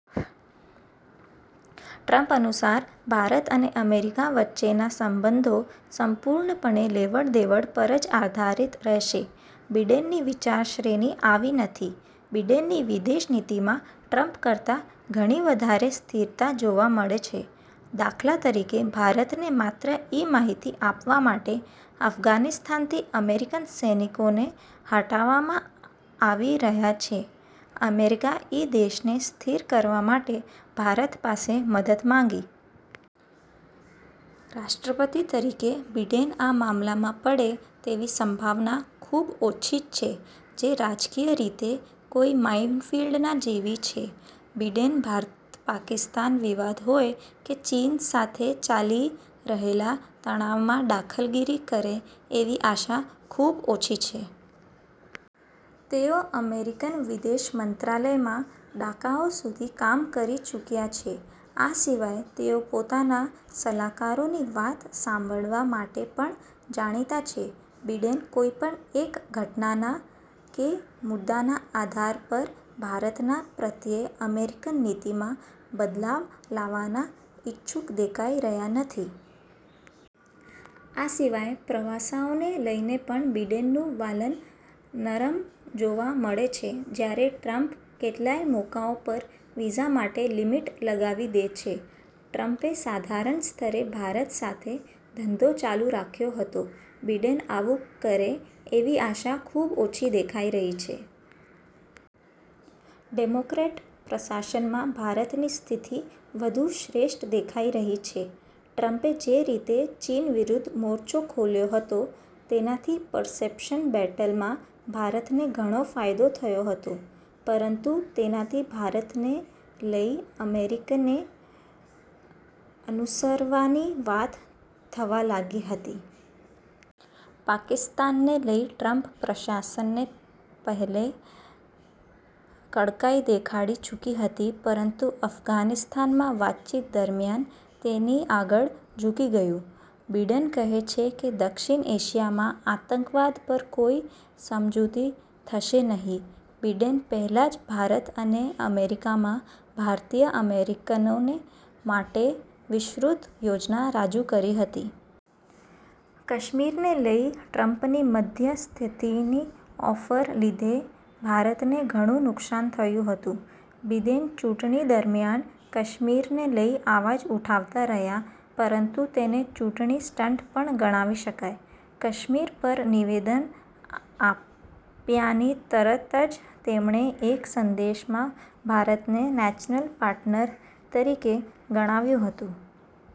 Trump અનુસાર ભારત અને America વચ્ચેના સંબંધો સંપૂર્ણપણે લેવડ-દેવડ પર જ આધારિત રહેશે. બાઇડેનની વિચારશ્રેણી આવી નથી. બાઇડેનની વિદેશ નીતિમાં ટ્રમ્પ કરતા ઘણી વધારે સ્થિરતા જોવા મળે છે. દાખલા તરીકે ભારતને માત્ર એ માહિતી આપવા માટે અફઘાનિસ્તાનથી અમેરિકન સૈનિકોને હટાવામાં આવી રહ્યા છે, અમેરિકા એ દેશને સ્થિર કરવા માટે ભારત પાસે મદદ માંગી. રાષ્ટ્રપતિ તરીકે બાઇડેન આ મામલામાં પડે તેવી સંભાવના ખુબ ઓછી જ છે, જે રાજકીય રીતે કોઇ માઇનફીલ્ડના જેવી છે. બાઇડેન ભારત-પાકિસ્તાન વિવાદ હોય કે ચીન સાથે ચાલી રહેલા તણાવમાં દખલગીરી કરે એવી આશા ખુબ ઓછી છે. તેઓ અમેરિકન વિદેશ મંત્રાલયમાં દાયકાઓ સુધી કામ કરી ચૂકયા છે. આ સિવાય તેઓ પોતાના સલાહકારોની વાત સાંભળવા માટે પણ જાણીતા છે. બાઇડેન કોઇપણ એક ઘટના કે મુદ્દાના આધાર પર ભારતના પ્રત્યે અમેરિકન નીતિમાં બદલાવ લાવવાના ઇચ્છુક દેખાઈ રહ્યા નથી. આ સિવાય પ્રવાસીઓને લઇને પણ બાઇડેનનું વલણ નરમ જોવા મળે છે, જ્યારે ટ્રમ્પ કેટલાંય મોકાઓં પર વીઝા માટે લિમિટ લગાવી દે છે. ટ્રમ્પે સાધારણ સ્તરે ભારત સાથે ધંધો ચાલુ રાખ્યો હતો. બાઇડેન આવું કરે એવી આશા ખુબ ઓછી દેખાઈ રહી છે. ડેમોક્રેટ પ્રશાસનમાં ભારતની સ્થિતિ વધુ શ્રેષ્ઠ દેખાઇ રહી છે. ટ્રમ્પે જે રીતે ચીન વિરુદ્ધ મોરચો ખોલ્યો હતો તેનાથી પર્સેપ્શન બેટલમાં ભારતને ઘણો ફાયદો થયો હતો, પરંતુ તેનાથી ભારતને લઇ અમેરિકાને અનુસરવાની વાત થવા લાગી હતી. પાકિસ્તાનને લઇ ટ્રમ્પ પ્રશાસનને પહેલાં કડકાઇ દેખાડી ચુકી હતી, પરંતુ અફઘાનિસ્તાનમાં વાતચીત દરમિયાન તેની આગળ ઝૂકી ગયું. બાઇડેન કહે છે કે, દક્ષિણ એશિયામાં આતંકવાદ પર કોઇ સમજૂતી થશે નહીં. બાઇડેને પહેલાં જ ભારત અને અમેરિકામાં ભારતીય-અમેરિકનો માટે વિસ્તૃત યોજના રજુ કરી હતી. કાશ્મીરને લઇ ટ્રમ્પની મધ્યસ્થિતાની ઓફરને લીધે ભારતને ઘણું નુકશાન થયું હતું. બીડેન ચુંટણી દરમિયાન કાશ્મીરને લઇ અવાજ ઉઠાવતા રહ્યા, પરંતુ તેને ચૂંટણી સ્ટંટ પણ ગણાવી શકાય. કાશ્મીર પર નિવેદન આપ્યાની તરત જ તેમણે એક સંદેશમાં ભારતને 'નેચરલ પાર્ટનર' તરીકે ગણાવ્યું હતું.